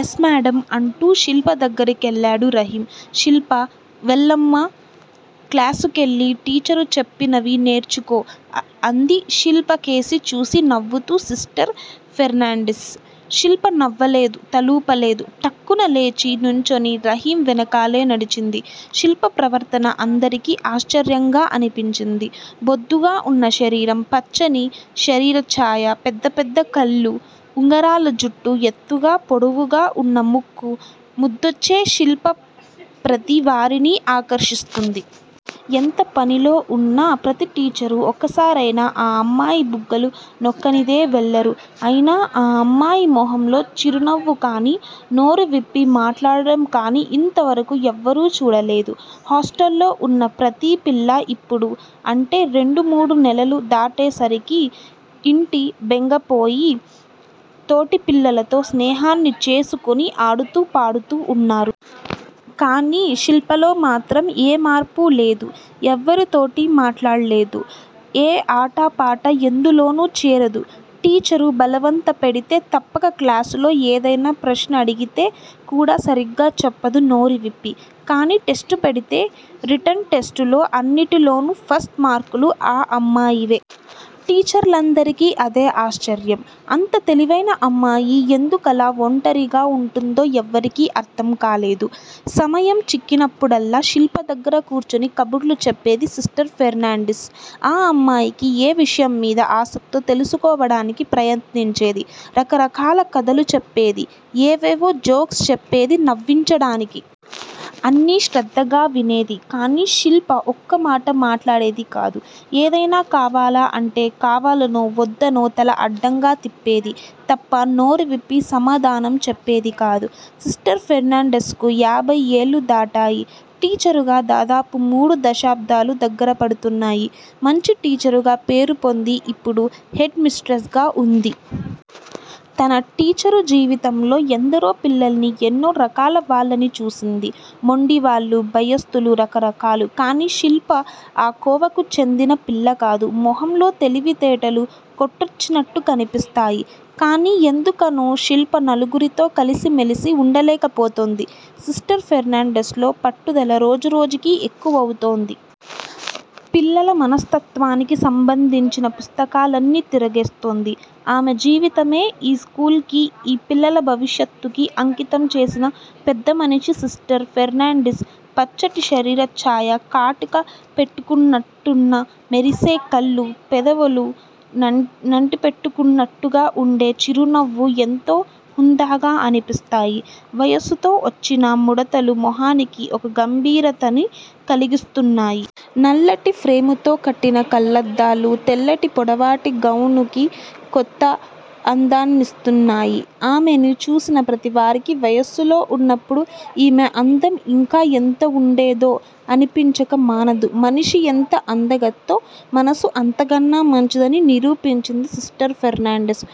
Yes madam అంటూ శిల్ప దగ్గరికెళ్ళాడు రహీం. శిల్పా వెళ్ళమ్మా. క్లాసుకెళ్ళి టీచరు చెప్పినవి నేర్చుకో అంది శిల్పకేసి చూసి నవ్వుతూ సిస్టర్ ఫెర్నాండిస్. శిల్ప నవ్వలేదు! తలూపలేదు! టక్కున లేచి నుంచుని రహీం వెనకాలే నడిచింది. శిల్ప ప్రవర్తన అందరికీ ఆశ్చర్యంగా అనిపించింది. బొద్దుగా వున్న శరీరం, పచ్చని శరీరచ్ఛాయ, పెద్ద పెద్ద కళ్లూ, ఉంగరాల జుట్టూ, ఎత్తుగా పొడవుగా వున్న ముక్కూ, ముద్దొచ్చే శిల్ప ప్రతి వారినీ ఆకర్షిస్తుంది. ఎంత పనిలో వున్నా ప్రతి టీచరు ఒక్కసారైనా ఆ అమ్మాయి బుగ్గలు నొక్కనిదే వెళ్ళరు. అయినా ఆ అమ్మాయి మొహంలో చిరునవ్వుకాని, నోరువిప్పి మాట్లాడ్డం కాని ఇంతవరకూ ఎవ్వరూ చూడలేదు. హాస్టల్లో వున్న ప్రతీ పిల్లా ఇప్పుడు, అంటే రెండు మూడు నెలలు దాటేసరికి ఇంటి బెంగపోయి, తోటిపిల్లలతో స్నేహాన్ని చేసుకుని ఆడుతూ పాడుతూ వున్నారు. కాని శిల్పలోమాత్రం ఏ మార్పూ లేదు. ఎవ్వరితోటీ మాట్లాడదు. ఏ ఆట పాట ఎందులోనూ చేరదు. టీచరు బలవంత పెడితే తప్ప క్లాసులో ఏదైనా ప్రశ్నలడిగితే కూడా సరిగ్గా చెప్పదు నోరువిప్పి. కానీ టెస్టు పెడితే రిటన్ టెస్టులో అన్నింటిలోనూ ఫస్టు మార్కులు ఆ అమ్మాయివే. టీచర్లందరికీ అదే ఆశ్చర్యం. అంత తెలివైన అమ్మాయి ఎందుకలా ఒంటరిగా వుంటుందో ఎవ్వరికీ అర్థం కాలేదు. సమయం చిక్కినప్పుడల్లా, శిల్ప దగ్గర కూర్చుని కబుర్లు చెప్పేది సిస్టర్ ఫెర్నాండిస్. ఆ అమ్మాయికి ఏ విషయంమీద ఆసక్తో తెలుసుకోవడానికి ప్రయత్నించేది. రకరకాల కథలు చెప్పేది. ఏవేవో జోక్స్ చెప్పేది నవ్వించడానికి. అన్నీ శ్రద్ధగా వినేది కాని శిల్ప ఒక్క మాట మాట్లాడేది కాదు. ఏదైనా కావాలా అంటే కావాలనో వద్దనో తల అడ్డంగా తిప్పేది తప్ప నోరువిప్పి సమాధానం చెప్పేదికాదు. సిస్టర్ ఫెర్నాండిస్ కి యాభై ఏళ్ళు దాటాయి. టీచరుగా దాదాపు మూడు దశాబ్దాలు దగ్గరపడుతున్నాయి. మంచి టీచరుగా పేరుపొంది ఇప్పుడు హెడ్ మిస్ట్రిస్ గా వుంది. తన టీచరు జీవితంలో ఎందరో పిల్లల్ని, ఎన్నో రకాల వాళ్ళని చూసింది. మొండివాళ్లూ, భయస్థులూ, రకరకాలు! కానీ శిల్ప ఆ కోవకి చెందిన పిల్లకాదు. మొహంలో తెలివితేటలు కొట్టొచ్చినట్టు కనిపిస్తయ్! కానీ ఎందుకనో శిల్ప నలుగురితో కలిసి మెలసి ఉండలేకపోతోంది. సిస్టర్ ఫెర్నాండిస్ లో పట్టుదల రోజురోజుకీ ఎక్కువవుతోంది. పిల్లల మనస్తత్వానికి సంబంధించిన పుస్తకాలన్నీ తిరగేస్తోంది. ఆమె జీవితమే ఈ స్కూలుకీ ఈ పిల్లల భవిష్యత్తుకీ అంకితం చేసిన పెద్దమనిషి సిస్టర్ ఫెర్నాండిస్. పచ్చటి శరీరచ్ఛాయ, కాటిక పెట్టుకున్నట్టున్న మెరిసే కళ్ళూ, పెదవుల నంటిపెట్టుకున్నట్టుగా ఉండే చిరునవ్వూ ఎంతో హుందాగా అనిపిస్తాయి! వయస్సుతో వొచ్చిన ముడతలు మొహానికి ఒక గంభీరతని కలిగిస్తున్నాయి. నల్లటి ఫ్రేముతో కట్టిన కళ్ళద్దాలు, తెల్లటి పొడవాటి గౌనుకి కొత్త అందాన్నిస్తున్నాయి. ఆమెని చూసిన ప్రతివారికీ, 'వయస్సులో వున్నప్పుడు ఈమె అందం ఇంకా ఎంత ఉండేదో' అనిపించక మానదు! మనిషి ఎంత అందగత్తో, మనసు అంతకన్నా మంచిదని నిరూపించింది సిస్టర్ ఫెర్నాండిస్.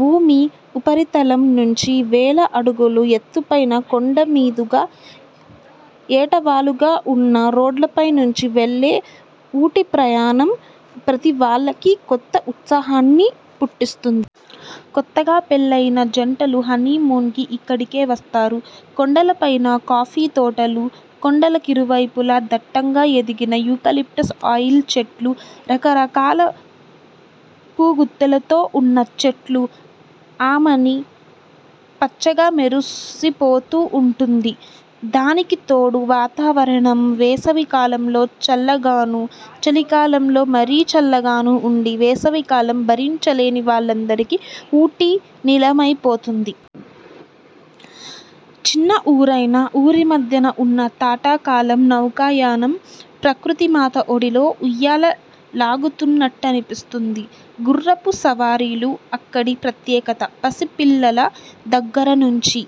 భూమి ఉపరితలం నుంచి వేల అడుగుల ఎత్తుపైన, కొండమీదుగా ఏటవాలుగా వున్న రోడ్లపైనుంచి వెళ్ళే ఊటీ ప్రయాణం, ప్రతీవాళ్ళకీ కొత్త ఉత్సాహాన్ని పుట్టిస్తుంది. కొత్తగా పెళ్ళయిన జంటలు హనీమూన్ కి ఇక్కడికే వస్తారు. కొండలపైన కాఫీ తోటలు కొండల కిరువైపులా దట్టంగా ఎదిగిన 'యూకలిప్టస్ ఆయిల్' చెట్లూ, రకరకాల పూగుత్తులతో వున్న చెట్లూ, ఆమని పచ్చగా మెరిసిపోతూ వుంటుంది. దానికి తోడు వాతావరణం, వేసవి కాలంలో చల్లగానూ, చలికాలంలో మరీ చల్లగానూ వుండి, వేసవికాలం భరించలేని వాళ్ళందరికీ ఊటీ నిలయమైపోతుంది. చిన్న ఊరైనా, ఊరిమధ్యన వున్న తటాకంలో నౌకాయానం, ప్రకృతి మాత ఒడిలో ఉయ్యాల లా గుతున్నట్టనిపిస్తుంది. గుఱ్ఱపు సవారీలు అక్కడి ప్రత్యేకత. పసిపిల్లల దగ్గరనుంచి,